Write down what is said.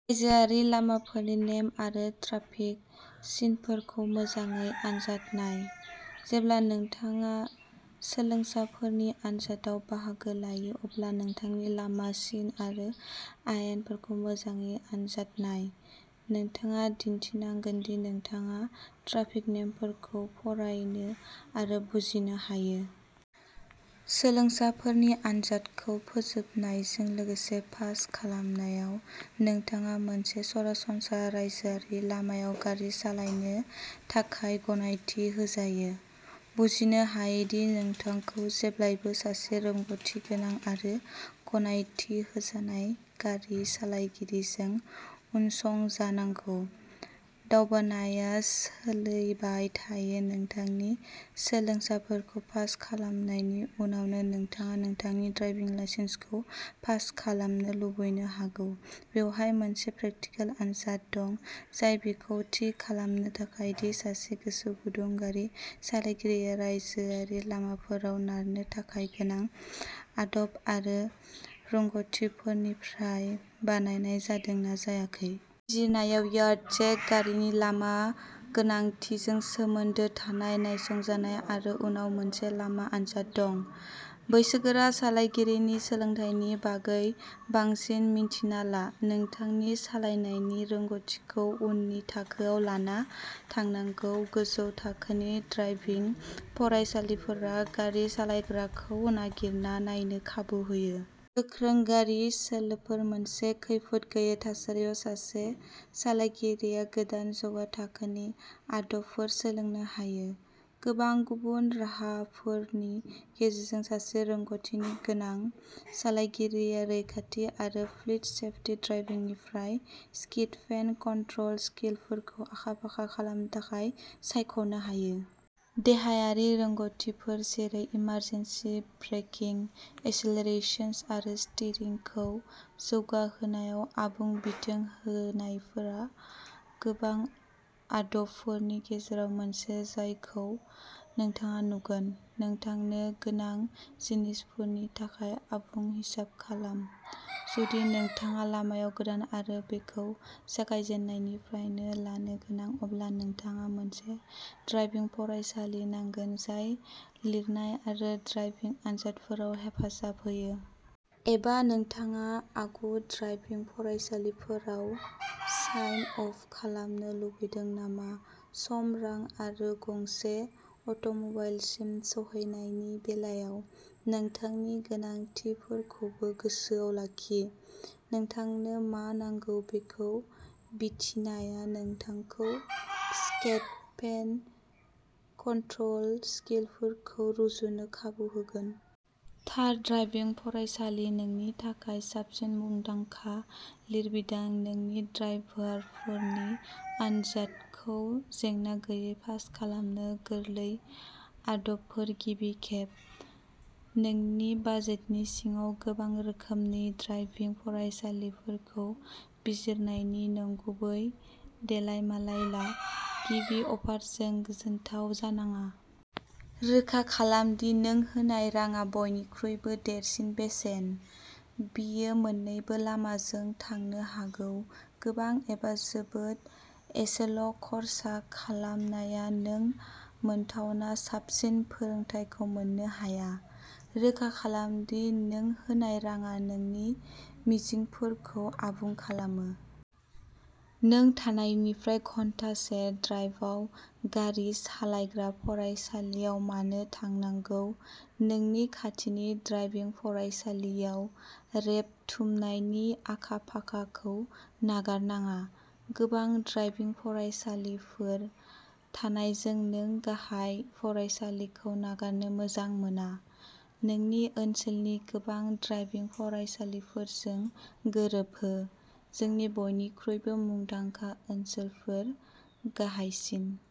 रायजोआरि लामाफोरनि नेम आरो ट्राफिक सिनफोरखौ मोजाङै आनजाद नाय। जेब्ला नोंथाङा सोलोंसाफोरनि आन्जादआव बाहागो लायो अब्ला नोंथांनि लामा सिन आरो आयेनफोरखौ मोजाङै आनजाद नाय। नोंथाङा दिन्थिनांगोन दि नोंथाङा ट्राफिक नेमफोरखौ फरायनो आरो बुजिनो हायो। सोलोंसाफोरनि आनजादखौ फोजोबनायजों लोगोसे पास खालामनायाव नोंथाङा मोनसे सरासनस्रा रायजोआरि लामायाव गारि सालायनो थाखाय गनायथि होजायो। बुजिनो हायो दि नोंथांखौ जेब्लाबो सासे रोंग'थिगोनां आरो गनायथि होजानाय गारि सालायगिरिजों उनसंजानांगौ। दावबायनाया सोलिबाय थायो नोंथांनि सोलोंसाफोरखौ पास खालामनायनि उनावनो नोंथाङा नोंथांनि ड्राइभिं लाइसेन्सखौ पास खालामनो लुबैनो हागौ बेवहाय मोनसे प्रेकटिकोल आनजाद दं जाय बेखौ थि खालामनो थाखाय दि सासे गोसो गुदुं गारि सालायगिरिया रायजोआरि लामाफोराव नारनो थाखाय गोनां आदब आरो रोंग'थिफोरनिफ्राय बानायनाय जादों ना जायाखै। जिरनायाव यार्ड चेक गारिनि लामा गोनांथिजों सोमोन्दो थानाय नायसंजानाय आरो उनाव मोनसे लामा आनजाद दं। बैसोगोरा सालायगिरिनि सोलोंथायनि बागै बांसिन मिन्थिना ला। नोंथांनि सालायनायनि रोंग'थिखौ उननि थाखोआव लाना थांनांगौ गोजौ थाखोनि ड्राइभिं फरायसालिफोरा गारि सालायग्राखौ नागिरना नायनो खाबु होयो। गोख्रों गारि सोलोफोर मोनसे खैफोद गैयै थासारियाव सासे सालायगिरिया गोदान जौगा थाखोनि आदबफोर सोलोंनो हायो। गोबां गुबुन राहाफोरनि गेजेरजों सासे रोंग'थि गोनां सालायगिरिया रैखाथि आरो फ्लीट सेफटि ड्राइभिंनिफ्राय स्किडपेन कन्ट्रल स्किलफोरखौ आखा फाखा खालामनो थाखाय सायख'नो हायो। देहायारि रोंग'थिफोर जेरै इमारजेन्सि ब्रेकिं एसेलेरेशन आरो स्टीरिंगखौ जौगाहोनायाव आबुं बिथोन होनायफोरा गोबां आदबफोरनि गेजेराव मोनसे जायखौ नोंथाङा नुगोन। नोंथांनो गोनां जिनिसफोरनि थाखाय आबुङै हिसाब खालाम। जुदि नोंथाङा लामायाव गोदान आरो बेखौ जागायजेननायनिफ्रायनो लानो गोनां अब्ला नोंथाङा मोनसे ड्राइभिं फरायसालि नांगोन जाय लिरनाय आरो ड्राइभिं आनजादफोराव हेफाजाब होयो। एबा नोंथाङा आगु ड्राइभिं फरायसालिफोराव साइन अप खालामनो लुबैदों नामा सम रां आरो गंसे अट'मबाइलसिम सौहैनायनि बेलायाव नोंथांनि गोनांथिफोरखौबो गोसोआव लाखि। नोंथांनो मा नांगौ बेखौ भिथिनाया नोंथांखौ स्किडपेन कन्ट्रल स्किलफोरखौ रुजुनो खाबु होगोन। थार ड्राइभिं फरायसालि नोंनि थाखाय साबसिन मुंदांखा लिरबिदां नोंनि ड्राइभारफोरनि आनजादखौ जेंना गैयै पास खालामनो गोरलै आदबफोर गिबि खेब। नोंनि बाजेटनि सिङाव गोबां रोखोमनि ड्राइभिं फरायसालिफोरखौ बिजिरनायनि नंगुबै देलायमालाय ला। गिबि अफारजों गोजोनथाव जानाङा। रोखा खालाम दि नों होनाय राङा बयनिख्रुइबो देरसिन बेसेन। बेयो मोन्नैबो लामाजों थांनो हागौ गोबां एबा जोबोद एसेल' खर्सा खालामनाया नों मोनथावना साबसिन फोरोंथायखौ मोननो हाया। रोखा खालाम दि नों होनाय राङा नोंनि मिजिंफोरखौ आबुं खालामो। नों थानायनिफ्राय घन्टासेनि ड्राइभआव गारि सालायग्रा फरायसालियाव मानो थांनांगौ नोंनि खाथिनि ड्राइभिं फरायसालियाव रेबथुमनायनि आखा फाखाखौ नागारनाङा। गोबां ड्राइभिं फरायसालिफोर थानायजों नों गाहाय फरायसालिखौ नागारनो मोजां मोना। नोंनि ओनसोलनि गोबां ड्राइभिं फरायसालिफोरजों गोरोबहो। जोंनि बयनिख्रुइबो मुंदांखा ओनसोलफोर गाहायसिन।